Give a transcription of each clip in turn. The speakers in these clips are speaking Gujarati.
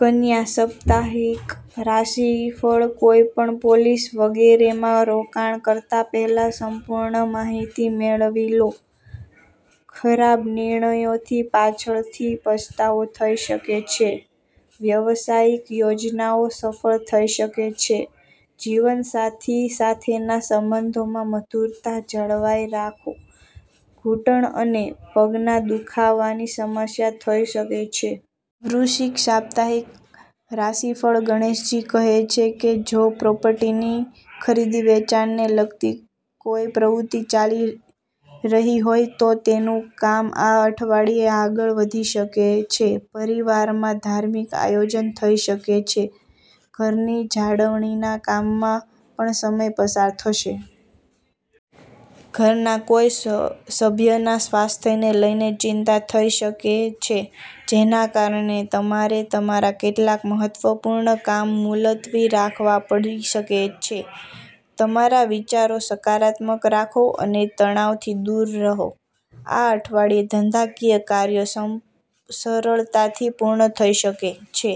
કન્યા સાપ્તાહિક રાશિફળ કોઈપણ પોલિસી વગેરેમાં રોકાણ કરતા પહેલાં સંપૂર્ણ માહિતી મેળવી લો. ખરાબ નિર્ણયોથી પાછળથી પસ્તાવો થઈ શકે છે. વ્યવસાયિક યોજનાઓ સફળ થઈ શકે છે. જીવનસાથી સાથેના સંબંધોમાં મધુરતા જાળવી રાખો. ઘૂંટણ અને પગના દુખાવાની સમસ્યા થઈ શકે છે. વૃશ્ચિક સાપ્તાહિક રાશિફળ ગણેશજી કહે છે કે જો પ્રોપર્ટીની ખરીદી-વેચાણને લગતી કોઈ પ્રવૃત્તિ ચાલી રહી હોય, તો તેનું કામ આ અઠવાડિયે આગળ વધી શકે છે. પરિવારમાં ધાર્મિક આયોજન થઈ શકે છે. ઘરની જાળવણીના કામમાં પણ સમય પસાર થશે. ઘરના કોઈ સભ્યના સ્વાસ્થ્યને લઈને ચિંતા થઈ શકે છે, જેના કારણે તમારે તમારા કેટલાક મહત્વપૂર્ણ કામ મુલતવી રાખવા પડી શકે છે. તમારા વિચારો સકારાત્મક રાખો અને તણાવથી દૂર રહો. આ અઠવાડિયે ધંધાકીય કાર્યો સરળતાથી પૂર્ણ થઈ શકે છે.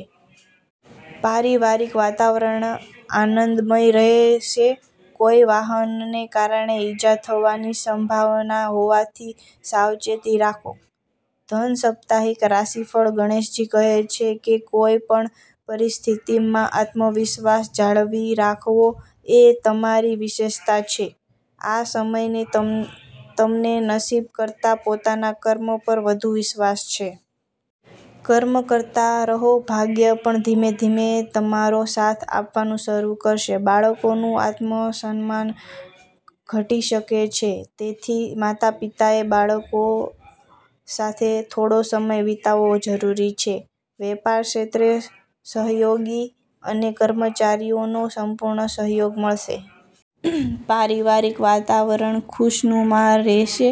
પારિવારિક વાતાવરણ આનંદમય રહેશે. કોઈ વાહનને કારણે ઈજા થવાની સંભાવના હોવાથી સાવચેતી રાખો. ધન સાપ્તાહિક રાશિફળ ગણેશજી કહે છે કે કોઈપણ પરિસ્થિતિમાં આત્મવિશ્વાસ જાળવી રાખવો એ તમારી વિશેષતા છે. આ સમયે તમને નસીબ કરતાં પોતાના કર્મ પર વધુ વિશ્વાસ છે. કર્મ કરતા રહો, ભાગ્ય પણ ધીમે ધીમે તમારો સાથ આપવાનું શરૂ કરશે. બાળકોનું આત્મસન્માન ઘટી શકે છે, તેથી માતા-પિતાએ બાળકો સાથે થોડો સમય વિતાવવો જરૂરી છે. વેપાર ક્ષેત્રે સહયોગીઓ અને કર્મચારીઓનો સંપૂર્ણ સહયોગ મળશે. પારિવારિક વાતાવરણ ખુશનુમા રહેશે.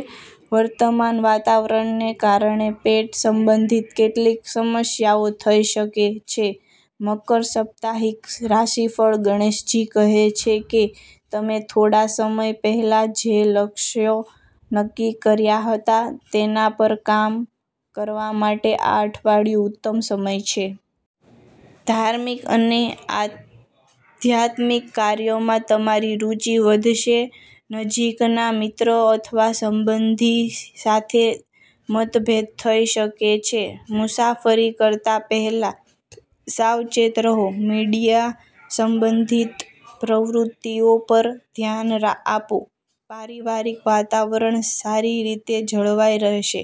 વર્તમાન વાતાવરણને કારણે પેટ સંબંધિત કેટલીક સમસ્યાઓ થઈ શકે છે. મકર સાપ્તાહિક રાશિફળ ગણેશજી કહે છે કે તમે થોડા સમય પહેલાં જે લક્ષ્યો નક્કી કર્યા હતા, તેના પર કામ કરવા માટે આ અઠવાડિયું ઉત્તમ સમય છે. ધાર્મિક અને આધ્યાત્મિક કાર્યોમાં તમારી રુચિ વધશે. નજીકના મિત્ર અથવા સંબંધી સાથે મતભેદ થઈ શકે છે. મુસાફરી કરતા પહેલાં સાવચેત રહો. મીડિયા સંબંધિત પ્રવૃત્તિઓ પર ધ્યાન આપો. પારિવારિક વાતાવરણ સારી રીતે જળવાઈ રહેશે.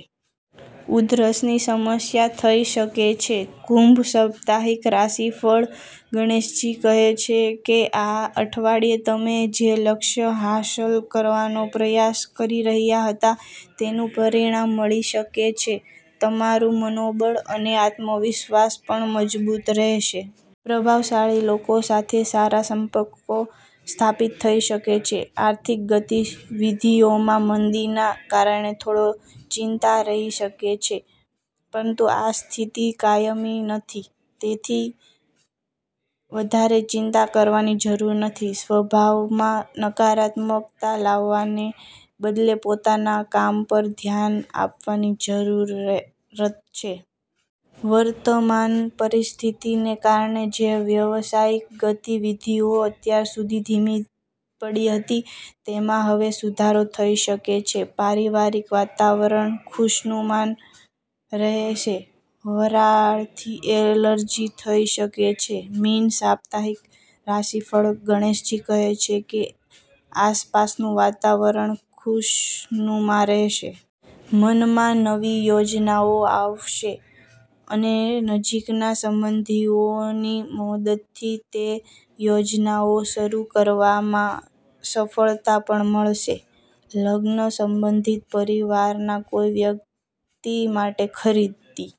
ઉધરસની સમસ્યા થઈ શકે છે. કુંભ સાપ્તાહિક રાશિફળ ગણેશજી કહે છે કે આ અઠવાડિયે તમે જે લક્ષ્ય હાંસલ કરવાનો પ્રયાસ કરી રહ્યા હતા, તેનું પરિણામ મળી શકે છે. તમારું મનોબળ અને આત્મવિશ્વાસ પણ મજબૂત રહેશે. પ્રભાવશાળી લોકો સાથે સારા સંપર્કો સ્થાપિત થઈ શકે છે. આર્થિક ગતિવિધિઓમાં મંદીના કારણે થોડી ચિંતા રહી શકે છે, પરંતુ આ સ્થિતિ કાયમી નથી. તેથી વધારે ચિંતા કરવાની જરૂર નથી. સ્વભાવમાં નકારાત્મકતા લાવવાને બદલે પોતાના કામ પર ધ્યાન આપવાની જરૂર છે. વર્તમાન પરિસ્થિતિને કારણે જે વ્યવસાયિક ગતિવિધિઓ અત્યાર સુધી ધીમી પડી હતી, તેમાં હવે સુધારો થઈ શકે છે. પારિવારિક વાતાવરણ ખુશનુમા રહેશે. વરાળથી એલર્જી થઈ શકે છે. મીન સાપ્તાહિક રાશિફળ ગણેશજી કહે છે કે આસપાસનું વાતાવરણ ખુશનુમા રહેશે. મનમાં નવી યોજનાઓ આવશે અને નજીકના સંબંધીઓની મદદથી તે યોજનાઓ શરૂ કરવામાં સફળતા પણ મળશે. લગ્ન સંબંધિત પરિવારના કોઈ વ્યક્તિ માટે ખરીદી...